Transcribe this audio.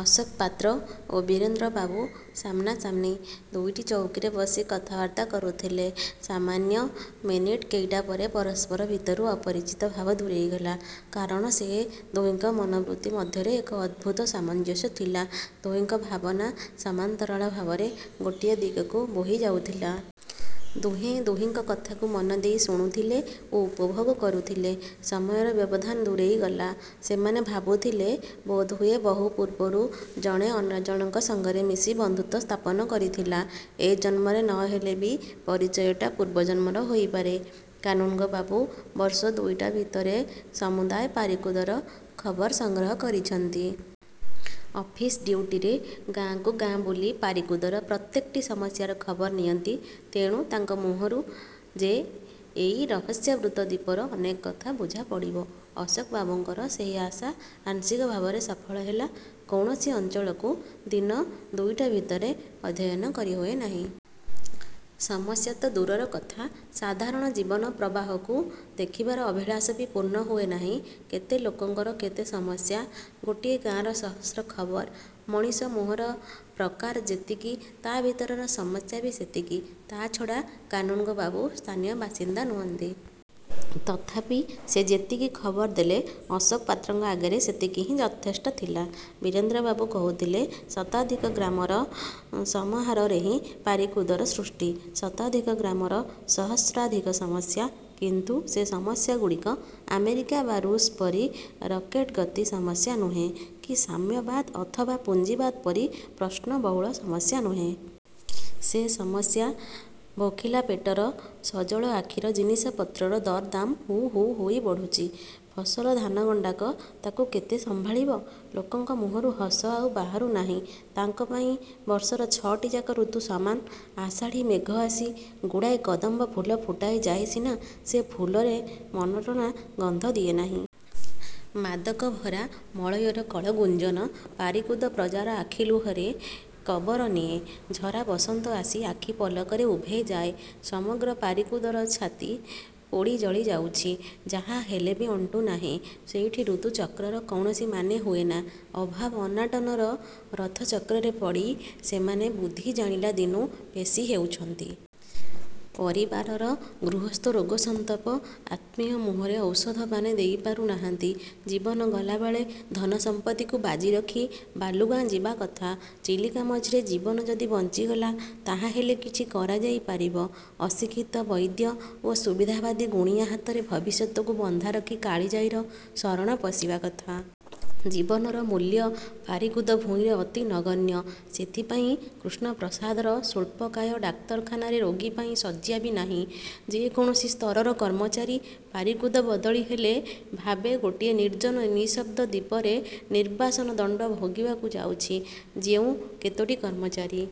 ଅଶୋକ ପାତ୍ର ଓ ବୀରେନ୍ଦ୍ର ବାବୁ ସାମନା ସାମନି ଦୁଇଟି ଚୌକିରେ ବସି କଥାବାର୍ତ୍ତା କରୁଥିଲେ। ସାମାନ୍ୟ ମିନିଟ୍ କେଇଟା ପରେ ପରସ୍ପର ଭିତରୁ ଅପରିଚିତ ଭାବ ଦୂରେଇ ଗଲା। କାରଣ ସେ ଦୁହିଙ୍କ ମନୋବୃତ୍ତି ମଧ୍ୟରେ ଏକ ଅଦ୍ଭୁତ ସାମଞ୍ଜସ୍ୟ ଥିଲା। ଦୁହିଙ୍କ ଭାବନା ସମାନ୍ତରାଳ ଭାବରେ ଗୋଟିଏ ଦିଗକୁ ବୋହି ଯାଉଥିଲା। ଦୁହେଁ ଦୁହିଙ୍କ କଥାକୁ ମନଦେଇ ଶୁଣୁଥିଲେ ଓ ଉପଭୋଗ କରୁଥିଲେ। ସମୟର ବ୍ୟବଧାନ ଦୂରେଇ ଗଲା। ସେମାନେ ଭାବୁଥିଲେ, ବୋଧହୁଏ ବହୁପୂର୍ବରୁ ଜଣେ ଅନ୍ୟଜଣଙ୍କ ସଙ୍ଗରେ ମିଶି ବନ୍ଧୁତ୍ୱ ସ୍ଥାପନ କରିଥିଲା। ଏ ଜନ୍ମରେ ନହେଲେ ବି ପରିଚୟଟା ପୂର୍ବଜନ୍ମର ହୋଇପାରେ। କାନୁନ୍ଗୋ ବାବୁ ବର୍ଷ ଦୁଇଟା ଭିତରେ ସମୁଦାୟ ପାରିକୁଦର ଖବର ସଂଗ୍ରହ କରିଛନ୍ତି-। ଅଫିସ୍ଡ୍ୟୁଟିରେ ଗାଁକୁ ଗାଁ ବୁଲି ପାରିକୁଦର ପ୍ରତ୍ୟେକଟି ସମସ୍ୟାର ଖବର ନିଅନ୍ତି। ତେଣୁ ତାଙ୍କ ମୁହଁରୁ ଯେ ଏହି ରହସ୍ୟାବୃତ୍ତ ଦ୍ୱୀପର ଅନେକ କଥା ବୁଝା ପଡ଼ିବ, ଅଶୋକ ବାବୁଙ୍କର ସେହି ଆଶା ଆଂଶିକ ଭାବରେ ସଫଳ ହେଲା। କୌଣସି ଅଞ୍ଚଳକୁ ଦିନ ଦୁଇଟା ଭିତରେ ଅଧ୍ୟୟନ କରି ହୁଏନାହିଁ। ସମସ୍ୟାତ ଦୂରର କଥା, ସାଧାରଣ ଜୀବନ ପ୍ରବାହକୁ ଦେଖିବାର ଅଭିଳାଷ ବି ପୂର୍ଣ୍ଣ ହୁଏନାହିଁ। କେତେ ଲୋକଙ୍କର କେତେ ସମସ୍ୟା! ଗୋଟିଏ ଗାଁର ସହସ୍ର ଖବର। ମଣିଷ ମୁହଁର ପ୍ରକାର ଯେତିକି ତା ଭିତରର ସମସ୍ୟା ବି ସେତିକି। ତା'ଛଡ଼ା କାନୁନ୍ଗୋ ବାବୁ ସ୍ଥାନୀୟ ବାସିନ୍ଦା ନୁହଁନ୍ତି। ତଥାପି ସେ ଯେତିକି ଖବର ଦେଲେ ଅଶୋକ ପାତ୍ରଙ୍କ ଆଗରେ ସେତିକି ହିଁ ଯଥେଷ୍ଟ ଥିଲା। ବୀରେନ୍ଦ୍ରବାବୁ କହୁଥିଲେ, ଶତାଧିକ ଗ୍ରାମର ସମହାରରେହିଁ ପାରିକୁଦର ସୃଷ୍ଟି। ଶତାଧିକ ଗ୍ରାମର ସହସ୍ରାଧିକ ସମସ୍ୟା। କିନ୍ତୁ ସେ ସମସ୍ୟାଗୁଡ଼ିକ ଆମେରିକା ବା ରୁଷ ପରି ରକେଟ୍ଗତି ସମସ୍ୟା ନୁହେ କି ସାମ୍ୟବାଦ ଅଥବା ପୁଞ୍ଜିବାଦ ପରି ପ୍ରଶ୍ନ-ବହୁଳ ସମସ୍ୟା ନୁହେ। ସେ ସମସ୍ୟା ଭୋଖିଲା ପେଟର, ସଜଳ ଆଖିର। ଜିନିଷପତ୍ରର ଦରଦାମ ହୁ ହୁ ହୋଇ ବଢ଼ୁଛି। ଫସଲ ଧାନ ଗଣ୍ଡାକ ତାକୁ କେତେ ସମ୍ଭାଳିବ? ଲୋକଙ୍କ ମୁହଁରୁ ହସ ଆଉ ବାହୁରୁ ନାହିଁ। ତାଙ୍କ ପାଇଁ ବର୍ଷର ଛଅଟିଯାକ ଋତୁ ସମାନ। ଆଷାଢ଼ୀ ମେଘ ଆସି ଗୁଡ଼ାଏ କଦମ୍ବ ଫୁଲ ଫୁଟାଇ ଯାଏ ସିନା, ସେ ଫୁଲରେ ମନଟଣା ଗନ୍ଧ ଦିଏ ନାହିଁ। ମାଦକ ଭରା ମଳୟର କଳଗୁଞ୍ଜନ ପାରିକୁଦ ପ୍ରଜାର ଆଖି ଲୁହରେ କବର ନିଏ। ଝରା ବସନ୍ତ ଆସି ଆଖି ପଲକରେ ଉଭେଇ ଯାଏ। ସମଗ୍ର ପାରିକୁଦର ଛାତି ପୋଡ଼ିଜଳି ଯାଉଛି। ଯାହା ହେଲେ ବି ଅଣ୍ଟୁ ନାହିଁ। ସେଇଠି ଋତୁଚକ୍ରର କୌଣସି ମାନେ ହୁଏନାଁ। ଅଭାବ, ଅନାଟନର ରଥଚକ୍ରରେ ପଡ଼ି ସେମାନେ ବୁଦ୍ଧି ଜାଣିଲା ଦିନୁ ପେଷି ହେଉଛନ୍ତି। ପରିବାରର ଗୃହସ୍ଥ ରୋଗ-ସନ୍ତପ୍ତ-ଆତ୍ମୀୟ ମୁହଁରେ ଔଷଧ ପାନେ ଦେଇପାରୁ ନାହାନ୍ତି। ଜୀବନ ଗଲାବେଳେ ଧନ ସମ୍ପଦକୁ ବାଜି ରଖି ବାଲୁଗାଁ ଯିବା କଥା। ଚିଲିକା ମଝିରେ ଜୀବନ ଯଦି ବଞ୍ଚିଗଲା, ତାହାହେଲେ କିଛି କରାଯାଇ ପାରିବ। ଅଶିକ୍ଷିତ ବୈଦ୍ୟ ଓ ସୁବିଧାବାଦୀ ଗୁଣିଆ ହାତରେ ଭବିଷ୍ୟତକୁ ବନ୍ଧା ରଖି କାଳିଜାଈର ଶରଣ ପଶିବା କଥା। ଜୀବନର ମୂଲ୍ୟ ପାରିକୁଦ ଭୂଇଁରେ ଅତି ନଗଣ୍ୟ। ସେଇଥିପାଇଁ କୃଷ୍ଣପ୍ରସାଦର ସ୍ୱଳ୍ପକାୟ ଡାକ୍ତରଖାନାରେ ରୋଗୀ ପାଇଁ ଶଯ୍ୟା ବି ନାହିଁ। ଯେ କୌଣସି ସ୍ତରର କର୍ମଚାରୀ, ପାରିକୁଦ ବଦଳି ହେଲେ ଭାବେ ଗୋଟିଏ ନିର୍ଜନ ନିଃଶବ୍ଦ ଦ୍ୱୀପରେ ନିର୍ବାସନ ଦଣ୍ଡ ଭୋଗିବାକୁ ଯାଉଛି। ଯେଉଁ କେତୋଟି କର୍ମଚାରୀ